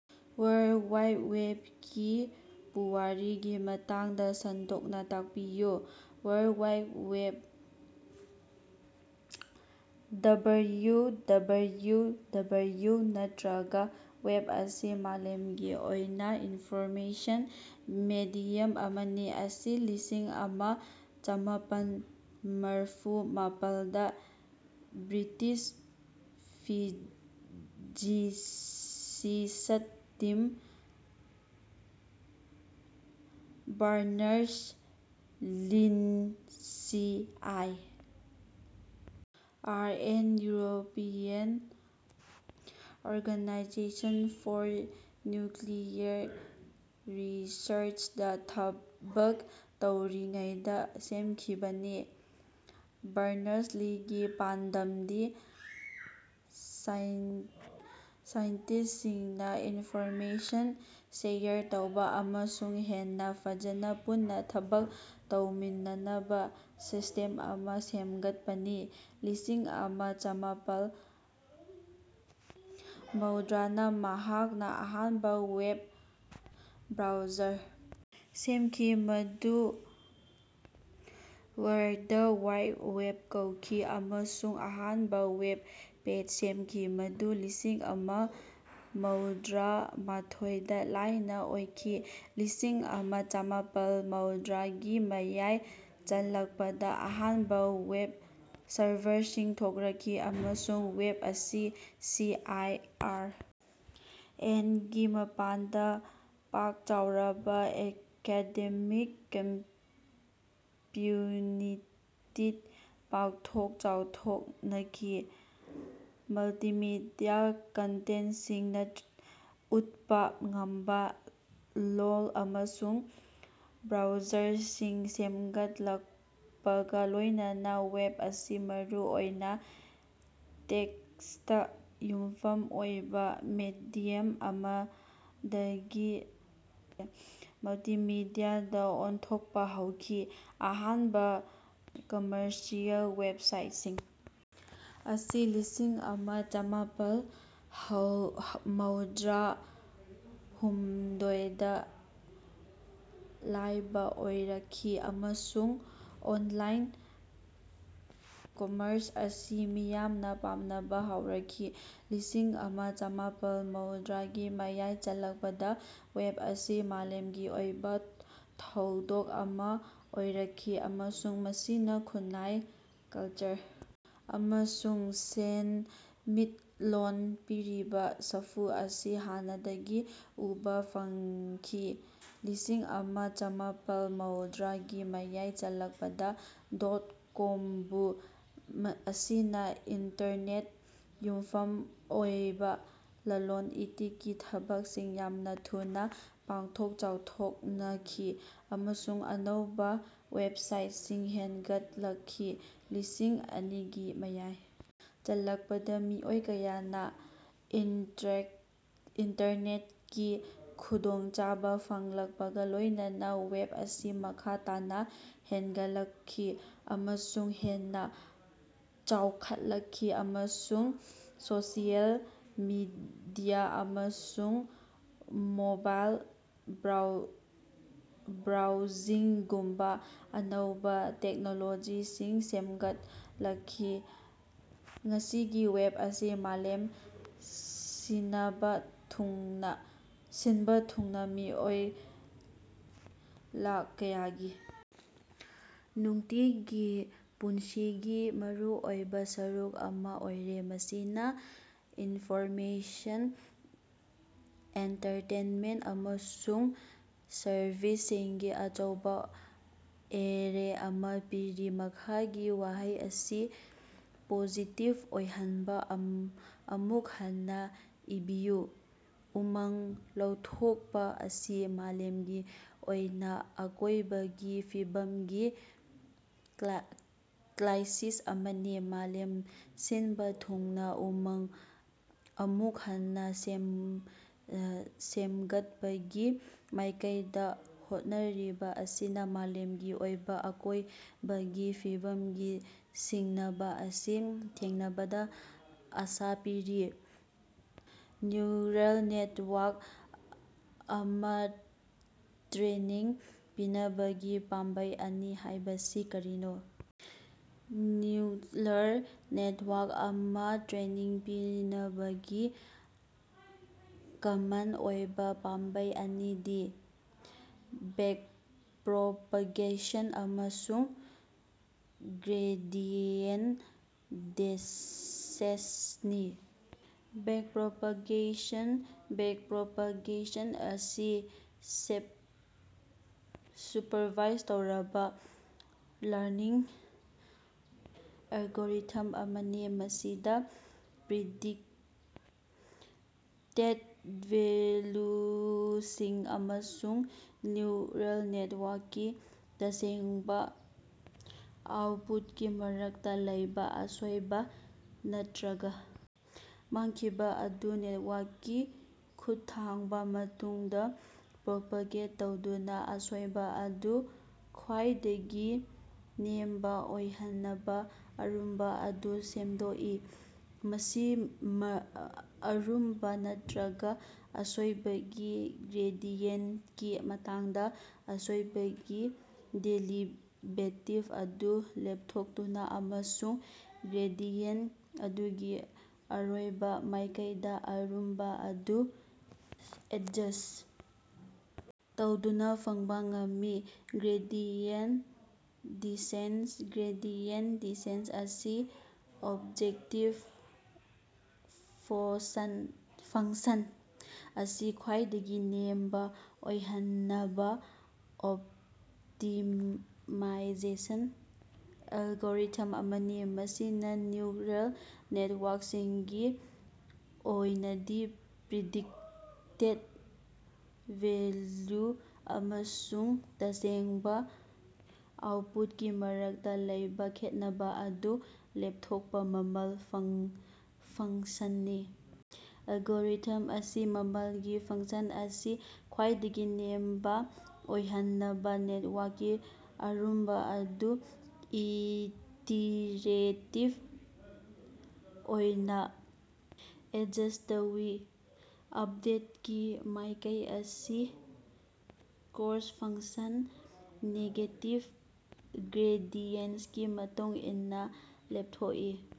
World wide ꯋꯦꯕꯀꯤ ꯄꯨꯋꯥꯔꯤꯒꯤ ꯃꯇꯥꯡꯗ ꯁꯟꯗꯣꯛꯅ ꯇꯥꯛꯄꯤꯌꯨ꯫ World Wide Web (W W W ꯅꯠꯇꯔꯒ ꯋꯦꯕ) ꯑꯁꯤ ꯃꯥꯂꯦꯝꯒꯤ ꯑꯣꯏꯕ ꯏꯟꯐꯣꯔꯃꯦꯁꯟ ꯃꯦꯗꯤꯌꯝ ꯑꯃꯅꯤ ꯃꯁꯤ ꯂꯤꯁꯤꯡ ꯑꯃ ꯆꯃꯥꯄꯟ ꯃꯔꯐꯨ ꯃꯥꯄꯜꯗ British physicist Tim Berners Lee C E R N (European Organisation for Nuclear ꯔꯤꯁꯔꯆ)ꯗꯥ ꯊꯕꯛ ꯇꯧꯔꯤꯉꯩꯗꯥ ꯁꯦꯝꯈꯤꯕꯅꯤ꯫ ꯕꯔꯅꯔꯁ-ꯂꯤꯒꯤ ꯄꯥꯟꯗꯝꯗꯤ ꯁꯥꯏꯟꯇꯤꯁ꯭ꯇꯁꯤꯡꯅ ꯏꯟꯐꯣꯔꯃꯦꯁꯟ ꯁꯦꯌꯔ ꯇꯧꯕ ꯑꯃꯁꯨꯡ ꯍꯦꯟꯅ ꯐꯖꯅ ꯄꯨꯟꯅ ꯊꯕꯛ ꯇꯧꯃꯤꯟꯅꯅꯕ ꯁꯤꯁꯇꯦꯝ ꯑꯃ ꯁꯦꯝꯒꯠꯄꯅꯤ꯫ ꯂꯤꯁꯤꯡ ꯑꯃ ꯆꯃꯥꯄꯜ ꯃꯧꯗꯔꯥꯗ ꯃꯍꯥꯛꯅ ꯑꯍꯥꯟꯕ ꯋꯦꯕ ꯕ꯭ꯔꯥꯎꯖꯔ ꯁꯦꯝꯈꯤ, ꯃꯗꯨ "ꯋꯥꯔꯜꯗꯋꯥꯏꯗꯋꯦꯕ" ꯀꯧꯈꯤ ꯑꯃꯁꯨꯡ ꯑꯍꯥꯟꯕ ꯋꯦꯕ ꯄꯦꯖ ꯁꯦꯝꯈꯤ, ꯃꯗꯨ ꯂꯤꯁꯤꯡ ꯑꯃ ꯃꯧꯗꯔꯥ ꯃꯥꯊꯣꯏꯗ ꯂꯥꯏꯕ ꯑꯣꯏꯈꯤ꯫ ꯂꯤꯁꯤꯡ ꯑꯃ ꯆꯃꯥꯄꯜ ꯃꯧꯗꯔꯥ ꯒꯤ ꯃꯌꯥꯏ ꯆꯜꯂꯛꯄꯗ ꯑꯍꯥꯟꯕ ꯋꯦꯕ ꯁꯔꯚꯔꯁꯤꯡ ꯊꯣꯔꯛꯈꯤ ꯑꯃꯁꯨꯡ ꯋꯦꯕ ꯑꯁꯤ ꯁꯤ ꯏ ꯑꯥꯔ ꯑꯦꯟ ꯒꯤ ꯃꯄꯥꯟꯗ ꯄꯥꯛ ꯆꯥꯎꯔꯕ ꯑꯦꯀꯥꯗꯦꯃꯤꯛ ꯀꯝꯃ꯭ꯌꯨꯅꯤꯇꯤꯗ ꯄꯥꯛꯊꯣꯛ ꯆꯥꯎꯊꯣꯛꯅꯈꯤ꯫ ꯃꯜꯇꯤꯃꯤꯗꯤꯌ ꯀꯟꯇꯦꯟꯠꯁꯤꯡ ꯎꯠꯄ ꯉꯝꯕ ꯂꯣꯜ ꯑꯃꯁꯨꯡ ꯕ꯭ꯔꯥꯎꯖꯔꯁꯤꯡ ꯁꯦꯝꯒꯠꯂꯛꯄꯒ ꯂꯣꯏꯅꯅ ꯋꯦꯕ ꯑꯁꯤ ꯃꯔꯨ ꯑꯣꯏꯅ ꯇꯦꯛꯁꯇ ꯌꯨꯝꯐꯝ ꯑꯣꯏꯕ ꯃꯦꯗꯤꯌꯝ ꯑꯃꯗꯒꯤ ꯃꯜꯇꯤꯃꯤꯗꯤꯌꯥꯗ ꯑꯣꯟꯊꯣꯛꯄ ꯍꯧꯈꯤ꯫ ꯑꯍꯥꯟꯕ ꯀꯝꯃꯔꯁꯤꯑꯦꯜ ꯋꯦꯕꯁꯥꯏꯠꯁꯤꯡ ꯑꯁꯤ ꯂꯤꯁꯤꯡ ꯑꯃ ꯆꯃꯥꯄꯜ ꯃꯧꯗꯔꯥ ꯍꯨꯃꯗꯣꯏ ꯗ ꯂꯥꯏꯕ ꯑꯣꯏꯔꯛꯈꯤ, ꯑꯃꯁꯨꯡ ꯑꯣꯟꯂꯥꯏꯟ ꯀꯝꯃ꯭ꯔꯁ ꯑꯁꯤ ꯃꯤꯌꯥꯝꯅ ꯄꯥꯝꯅꯕ ꯍꯧꯔꯛꯈꯤ꯫ ꯂꯤꯁꯤꯡ ꯑꯃ ꯆꯃꯥꯄꯜ ꯃꯧꯗꯔꯥꯒꯤ ꯃꯌꯥꯏ ꯆꯜꯂꯛꯄꯗ ꯋꯦꯕ ꯑꯁꯤ ꯃꯥꯂꯦꯝꯒꯤ ꯑꯣꯏꯕ ꯊꯧꯗꯣꯛ ꯑꯃ ꯑꯣꯏꯔꯛꯈꯤ, ꯑꯃꯁꯨꯡ ꯃꯁꯤꯅ ꯈꯨꯟꯅꯥꯏ, ꯀ꯭ꯂꯆꯔ ꯑꯃꯁꯨꯡ ꯁꯦꯟꯃꯤꯠꯂꯣꯟꯗ ꯄꯤꯔꯤꯕꯥ ꯁꯥꯐꯨ ꯑꯁꯤ ꯍꯥꯟꯅꯗꯒꯤ ꯎꯕꯥ ꯐꯪꯈꯤ꯫ ꯂꯤꯁꯤꯡ ꯑꯃ ꯆꯃꯥꯄꯜ ꯃꯧꯗꯔꯥ ꯒꯤ ꯃꯌꯥꯏ ꯆꯜꯂꯛꯄꯗ ꯗꯣꯠ-ꯀꯣꯝ ꯕꯨꯝ ꯑꯁꯤꯅ ꯏꯟꯇꯔꯅꯦꯠꯇ ꯌꯨꯝꯐꯝ ꯑꯣꯏꯕ ꯂꯂꯣꯟ-ꯏꯇꯤꯛꯀꯤ ꯊꯕꯛꯁꯤꯡ ꯌꯥꯝꯅ ꯊꯨꯅ ꯄꯥꯡꯊꯣꯛ-ꯆꯥꯎꯊꯣꯛꯅꯈꯤ ꯑꯃꯁꯨꯡ ꯑꯅꯧꯕꯥ ꯋꯦꯕꯁꯥꯏꯠꯁꯤꯡ ꯍꯦꯡꯒꯠꯂꯛꯈꯤ꯫ ꯂꯤꯁꯤꯡ ꯑꯅꯤꯒꯤ ꯃꯌꯥꯏ ꯆꯜꯂꯛꯄꯗ, ꯃꯤꯑꯣꯏ ꯀꯌꯥꯅ ꯏꯟꯇꯔꯅꯦꯠꯀꯤ ꯈꯨꯗꯣꯡꯆꯥꯕ ꯐꯪꯂꯛꯄꯒ ꯂꯣꯏꯅꯅ, ꯋꯦꯕ ꯑꯁꯤ ꯃꯈꯥ ꯇꯥꯅ ꯍꯦꯟꯒꯠꯂꯛꯈꯤ ꯑꯃꯁꯨꯡ ꯍꯦꯟꯅ ꯆꯥꯎꯈꯠꯂꯛꯈꯤ, ꯑꯃꯁꯨꯡ ꯁꯣꯁꯤꯑꯦꯜ ꯃꯤꯗꯤꯌ ꯑꯃꯁꯨꯡ ꯃꯣꯕꯥꯏꯜ ꯕ꯭ꯔꯥꯎꯖꯤꯡꯒꯨꯝꯕ ꯑꯅꯧꯕꯥ ꯇꯦꯛꯅꯣꯂꯣꯖꯤꯁꯤꯡ ꯁꯦꯝꯒꯠꯂꯛꯈꯤ꯫ ꯉꯁꯤꯗꯤ ꯋꯦꯕ ꯑꯁꯤ ꯃꯥꯂꯦꯝ ꯁꯤꯅꯕ ꯊꯨꯡꯅ ꯃꯤꯑꯣꯏ ꯂꯥꯈ ꯀꯌꯥꯒꯤ ꯅꯨꯡꯇꯤꯒꯤ ꯄꯨꯟꯁꯤꯒꯤ ꯃꯔꯨꯑꯣꯏꯕꯥ ꯁꯔꯨꯛ ꯑꯃꯥ ꯑꯣꯏꯔꯦ, ꯃꯁꯤꯅꯥ ꯏꯅꯐꯣꯔꯃꯦꯁꯟ, ꯑꯦꯟꯇꯔꯇꯦꯟꯃꯦꯟꯠ ꯑꯃꯁꯨꯡ ꯁꯔꯚꯤꯁꯁꯤꯡꯒꯤ ꯑꯆꯧꯕ ꯑꯦꯔꯦ ꯑꯃ ꯄꯤꯔꯤ꯫ ꯃꯈꯥꯒꯤ ꯋꯥꯍꯩ ꯑꯁꯤ ꯄꯣꯖꯤꯇꯤꯕ ꯑꯣꯏꯍꯟꯅꯕ ꯑꯃꯨꯛ ꯍꯟꯅ ꯏꯕꯤꯌꯨ: ꯎꯃꯪ ꯂꯧꯊꯣꯛꯄ ꯑꯁꯤ ꯃꯥꯂꯦꯃꯒꯤ ꯑꯣꯏꯕ ꯑꯀꯣꯏꯕꯒꯤ ꯐꯤꯕꯝꯒꯤ ꯀ꯭ꯔꯥꯏꯁꯤꯁ ꯑꯃꯅꯤ꯫ ꯃꯥꯂꯦꯝ ꯁꯤꯟꯕ ꯊꯨꯡꯅ ꯎꯃꯪ ꯑꯃꯨꯛ ꯍꯟꯅ ꯁꯦꯃꯒꯠꯄꯒꯤ ꯃꯥꯏꯀꯩꯗꯥ ꯍꯣꯠꯅꯔꯤꯕ ꯑꯁꯤꯅ ꯃꯥꯂꯦꯃꯒꯤ ꯑꯣꯏꯕ ꯑꯀꯣꯏꯕꯒꯤ ꯐꯤꯕꯝꯒꯤ ꯁꯤꯡꯅꯕ ꯑꯁꯤ ꯊꯦꯡꯅꯕꯗ ꯑꯁꯥ ꯄꯤꯔꯤ꯫ ꯅ꯭ꯌꯨꯔꯜ ꯅꯦꯠꯋꯥ꯭ꯔꯛ ꯑꯃꯥꯇ꯭ꯔꯦꯅꯤꯡ ꯄꯤꯅꯕꯒꯤ ꯄꯥꯝꯕꯩ ꯑꯅꯤ ꯍꯥꯏꯕꯁꯤ ꯀꯔꯤꯅꯣ? ꯅ꯭ꯌꯨꯔꯜ ꯅꯦꯠꯋꯥ꯭ꯔꯛ ꯑꯃ ꯇ꯭ꯔꯦꯅꯤꯡ ꯄꯤꯅꯕꯒꯤ ꯀꯃꯟ ꯑꯣꯏꯕ ꯄꯥꯝꯕꯩ ꯑꯅꯤꯗꯤ ꯕꯦꯛꯄ꯭ꯔꯣꯄꯥꯒꯦꯁꯟ ꯑꯃꯁꯨꯡ ꯒ꯭ꯔꯦꯗꯤꯌꯦꯟꯠ ꯗꯦꯁꯦꯟꯠꯅꯤ꯫ ꯕꯦꯛꯄ꯭ꯔꯣꯄꯥꯒꯦꯁꯟ: ꯕꯦꯛꯄ꯭ꯔꯣꯄꯥꯒꯦꯁꯟ ꯑꯁꯤ ꯁꯨꯞꯄꯔꯚꯥꯏꯖ ꯇꯧꯔꯕ ꯂꯔꯅꯤꯡ ꯑꯦꯜꯒꯣꯔꯤꯊꯝ ꯑꯃꯅꯤ ꯃꯁꯤꯗ ꯄ꯭ꯔꯤꯗꯤꯛꯇꯦꯗ ꯚꯦꯜꯌꯨꯁꯤꯡ ꯑꯃꯁꯨꯡ ꯅ꯭ꯌꯨꯔꯜ ꯅꯦꯠꯋꯥ꯭ꯔꯛꯀꯤ ꯇꯁꯦꯡꯕ ꯑꯥꯎꯠꯄꯨꯠꯀꯤ ꯃꯔꯛꯇ ꯂꯩꯕ ꯑꯁꯣꯏꯕ ꯅꯠꯇꯔꯒ ꯃꯥꯡꯈꯤꯕ ꯑꯗꯨ ꯅꯦꯠꯋꯥ꯭ꯔꯛꯀꯤ ꯈꯨꯠꯊꯥꯡꯗ ꯃꯇꯨꯡꯗ ꯄ꯭ꯔꯣꯄꯦꯒꯦꯠ ꯇꯧꯗꯨꯅ ꯑꯁꯣꯏꯕ ꯑꯗꯨ ꯈ꯭ꯋꯥꯏꯗꯒꯤ ꯅꯦꯝꯕ ꯑꯣꯏꯍꯟꯅꯕ ꯑꯔꯨꯝꯕ ꯑꯗꯨ ꯁꯦꯝꯗꯣꯛꯏ꯫ ꯃꯁꯤ ꯑꯔꯨꯝꯕ ꯅꯠꯇꯔꯒ ꯑꯁꯣꯏꯕꯒꯤ ꯒ꯭ꯔꯦꯗꯤꯌꯦꯟꯠꯀꯤ ꯃꯇꯥꯡꯗ ꯑꯁꯣꯏꯕꯒꯤ ꯗꯦꯔꯤꯕꯦꯇꯤꯕ ꯑꯗꯨ ꯂꯦꯞꯊꯣꯛꯇꯨꯅ ꯑꯃꯁꯨꯡ ꯒ꯭ꯔꯦꯗꯤꯌꯦꯟꯠ ꯑꯗꯨꯒꯤ ꯑꯔꯣꯏꯕ ꯃꯥꯏꯀꯩꯗ ꯑꯔꯨꯝꯕ ꯑꯗꯨ ꯑꯦꯗꯖ꯭ꯁꯠ ꯇꯧꯗꯨꯅ ꯐꯪꯕ ꯉꯝꯃꯤ꯫ ꯒ꯭ꯔꯦꯗꯤꯌꯦꯟꯠ ꯗꯦꯁꯦꯟꯠ: ꯒ꯭ꯔꯦꯗꯤꯌꯦꯟꯠ ꯗꯦꯁꯦꯟꯠ ꯑꯁꯤ ꯑꯣꯕꯖꯦꯛꯇꯤꯕ ꯐꯪꯁꯟ ꯑꯁꯤ ꯈ꯭ꯋꯥꯏꯗꯒꯤ ꯅꯦꯝꯕ ꯑꯣꯏꯍꯟꯅꯕ ꯑꯣꯞꯇꯤꯃꯥꯏꯖꯦꯁꯟ ꯑꯦꯜꯒꯣꯔꯤꯊꯝ ꯑꯃꯅꯤ, ꯃꯁꯤꯅ ꯅ꯭ꯌꯨꯔꯜ ꯅꯦꯠꯋꯥ꯭ꯔꯛꯁꯤꯡꯒꯤ ꯑꯣꯏꯅꯗꯤ ꯄ꯭ꯔꯤꯗꯤꯛꯇꯦꯗ ꯚꯦꯜꯌꯨ ꯑꯃꯁꯨꯡ ꯇꯁꯦꯡꯕ ꯑꯥꯎꯠꯄꯨꯠꯀꯤ ꯃꯔꯛꯇ ꯂꯩꯕ ꯈꯦꯠꯅꯕ ꯑꯗꯨ ꯂꯦꯞꯊꯣꯛꯄ ꯃꯃꯜ ꯐꯪꯁꯟꯅꯤ꯫ ꯑꯦꯂꯒꯣꯔꯤꯊꯝ ꯑꯁꯤꯅ ꯃꯃꯜꯒꯤ ꯐꯪꯁꯟ ꯑꯁꯤ ꯈ꯭ꯋꯥꯏꯗꯒꯤ ꯅꯦꯝꯕ ꯑꯣꯏꯍꯟꯅꯕ ꯅꯦꯠꯋꯥ꯭ꯔꯛꯀꯤ ꯑꯔꯨꯝꯕ ꯑꯗꯨ ꯏꯇꯤꯔꯦꯇꯤꯕ ꯑꯣꯏꯅ ꯑꯦꯗꯖ꯭ꯁꯠ ꯇꯧꯏ꯫ ꯑꯞꯗꯦꯠꯀꯤ ꯃꯥꯏꯀꯩ ꯑꯁꯤ ꯀ꯭ꯣꯁꯠ ꯐꯪꯁꯟ ꯅꯦꯒꯦꯇꯤꯕ ꯒ꯭ꯔꯦꯗꯤꯌꯦꯟꯠꯀꯤ ꯃꯇꯨꯡ ꯏꯟꯅ ꯂꯦꯞꯊꯣꯛꯏ꯫